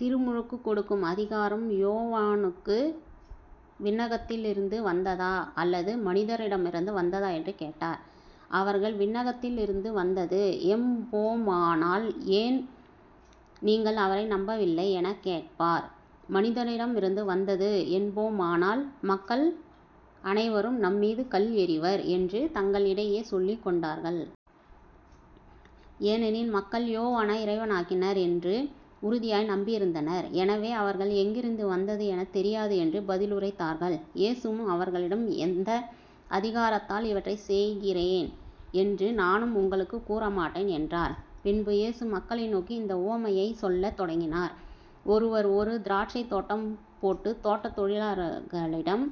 திருமுழுக்குக் கொடுக்கும் அதிகாரம் யோவானுக்கு விண்ணகத்திலிருந்து வந்ததா அல்லது மனிதரிடமிருந்து வந்ததா? என்று கேட்டார். அவர்கள் விண்ணகத்திலிருந்து வந்தது என்போமானால் ஏன் நீங்கள் அவரை நம்பவில்லை? எனக் கேட்பார் மனிதரிடமிருந்து வந்தது என்போமானால் மக்கள் அனைவரும் நம்மீது கல் எறிவர் என்று தங்களிடையே சொல்லிக் கொண்டார்கள். ஏனெனில் மக்கள் யோவானை இறைவாக்கினர் என்று உறுதியாய் நம்பியிருந்தனர். எனவே அவர்கள் எங்கிருந்து வந்தது எனத் தெரியாது என்று பதிலுரைத்தார்கள். இயேசுவும் அவர்களிடம் எந்த அதிகாரத்தால் இவற்றைச் செய்கிறேன் என்று நானும் உங்களுக்குக் கூறமாட்டேன் என்றார். பின்பு இயேசு மக்களை நோக்கி இந்த உவமையைச் சொல்லத் தொடங்கினார் ஒருவர் ஒரு திராட்சைத் தோட்டம் போட்டு தோட்டத் தொழிலாளர்களிடம்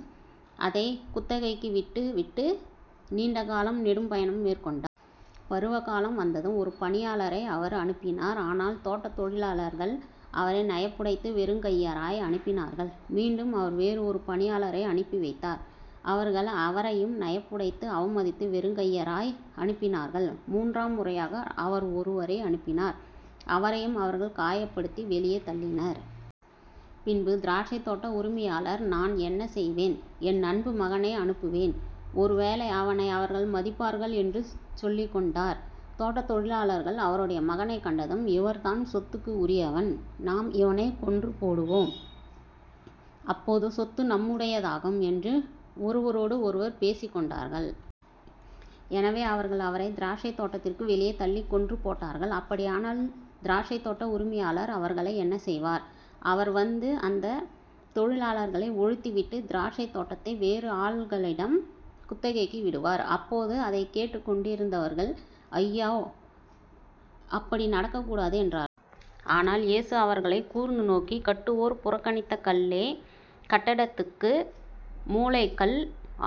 அதைக் குத்தகைக்கு விட்டு விட்டு நீண்ட காலம் நெடும் பயணம் மேற்கொண்டார். பருவகாலம் வந்ததும் ஒரு பணியாளரை அவர் அனுப்பினார். ஆனால் தோட்டத் தொழிலாளர்கள் அவரை நையப்புடைத்து வெறுங்கையராய் அனுப்பினார்கள். மீண்டும் அவர் வேறு ஒரு பணியாளரை அனுப்பி வைத்தார். அவர்கள் அவரையும் நையப்புடைத்து அவமதித்து வெறுங்கையராய் அனுப்பினார்கள். மூன்றாம் முறையாக அவர் ஒருவரை அனுப்பினார். அவரையும் அவர்கள் காயப்படுத்தி வெளியே தள்ளினர். பின்பு திராட்சைத் தோட்ட உரிமையாளர் நான் என்ன செய்வேன்? என் அன்பு மகனை அனுப்புவேன். ஒருவேளை அவனை அவர்கள் மதிப்பார்கள் என்று சொல்லிக்கொண்டார். தோட்டத் தொழிலாளர்கள் அவருடைய மகனைக் கண்டதும் இவன்தான் சொத்துக்கு உரியவன் நாம் இவனைக் கொன்றுபோடுவோம். அப்போது சொத்து நம்முடையதாகும் என்று ஒருவரோடு ஒருவர் பேசிக் கொண்டார்கள். எனவே அவர்கள் அவரைத் திராட்சைத் தோட்டத்திற்கு வெளியே தள்ளிக் கொன்று போட்டார்கள். அப்படியானால் திராட்சைத் தோட்ட உரிமையாளர் அவர்களை என்ன செய்வார்? அவர் வந்து அந்தத் தொழிலாளர்களை ஒழித்து விட்டு திராட்சைத் தோட்டத்தை வேறு ஆள்களிடம் குத்தகைக்கு விடுவார். அப்போது அதைக் கேட்டுக்கொண்டிருந்தவர்கள் ஐயோ அப்படி நடக்கக் கூடாது என்றார்கள். ஆனால் இயேசு அவர்களைக் கூர்ந்து நோக்கி கட்டுவோர் புறக்கணித்த கல்லே கட்டடத்துக்கு மூலைக்கல்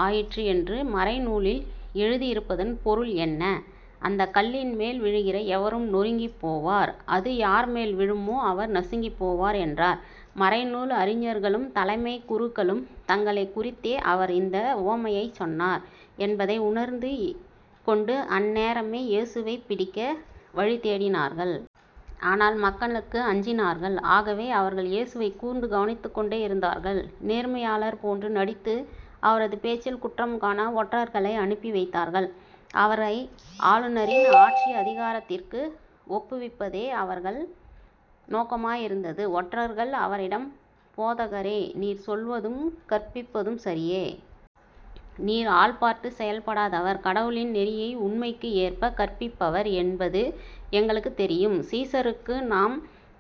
ஆயிற்று என்று மறைநூலில் எழுதியிருப்பதன் பொருள் என்ன? அந்தக் கல்லின் மேல் விழுகிற எவரும் நொறுங்கிப் போவார் அது யார்மேல் விழுமோ அவரும் நசுங்கிப்போவார் என்றார். மறைநூல் அறிஞர்களும் தலைமைக் குருக்களும் தங்களைக் குறித்தே அவர் இந்த உவமையைச் சொன்னார் என்பதை உணர்ந்து கொண்டு அந்நேரமே இயேசுவைப் பிடிக்க வழிதேடினார்கள். ஆனால் மக்களுக்கு அஞ்சினார்கள். ஆகவே அவர்கள் இயேசுவைக் கூர்ந்து கவனித்துக்கொண்டே இருந்தார்கள். நேர்மையாளர் போன்று நடித்து அவரது பேச்சில் குற்றம் காண ஒற்றர்களை அனுப்பி வைத்தார்கள் அவரை ஆளுநரின் ஆட்சி அதிகாரத்திற்கு ஒப்புவிப்பதே அவர்கள் நோக்கமாய் இருந்தது. ஒற்றர்கள் அவரிடம் போதகரே நீர் சொல்வதும் கற்பிப்பதும் சரியே. நீர் ஆள் பார்த்துச் செயல்படாதவர். கடவுளின் நெறியை உண்மைக்கு ஏற்பக் கற்பிப்பவர் என்பது எங்களுக்குத் தெரியும். சீசருக்கு நாம்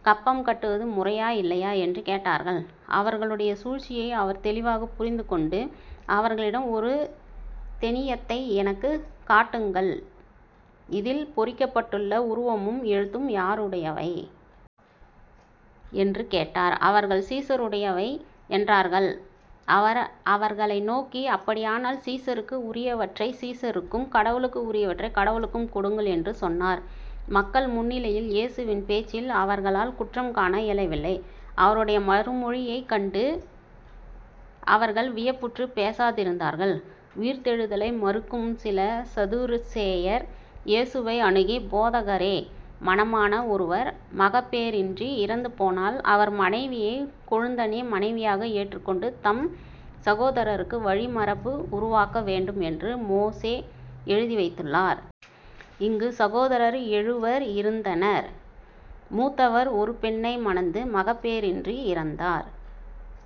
கப்பம் கட்டுவது முறையா இல்லையா? என்று கேட்டார்கள் அவர்களுடைய சூழ்ச்சியை அவர் தெளிவாகப் புரிந்துகொண்டு அவர்களிடம் ஒரு தெனியத்தை எனக்குக் காட்டுங்கள் இதில் பொறிக்கப்பட்டுள்ள உருவமும் எழுத்தும் யாருடையவை? என்று கேட்டார். அவர்கள் சீசருடையவை என்றார்கள். அவர் அவர்களை நோக்கி அப்படியானால் சீசருக்கு உரியவற்றைச் சீசருக்கும் கடவுளுக்கு உரியவற்றைக் கடவுளுக்கும் கொடுங்கள் என்று சொன்னார். மக்கள் முன்னிலையில் இயேசுவின் பேச்சில் அவர்களால் குற்றம் காண இயலவில்லை. அவருடைய மறுமொழியைக் கண்டு அவர்கள் வியப்புற்றுப் பேசாதிருந்தார்கள். உயிர்த்தெழுதலை மறுக்கும் சில சதுசேயர் இயேசுவை அணுகி போதகரே மணமான ஒருவர் மகப்பேறின்றி இறந்துபோனால் அவர் மனைவியைக் கொழுந்தனே மனைவியாக ஏற்றுக் கொண்டு தம் சகோதரருக்கு வழிமரபு உருவாக்க வேண்டும் என்று மோசே எழுதி வைத்துள்ளார். இங்குச் சகோதரர் எழுவர் இருந்தனர். மூத்தவர் ஒரு பெண்ணை மணந்து மகப்பேறின்றி இறந்தார்.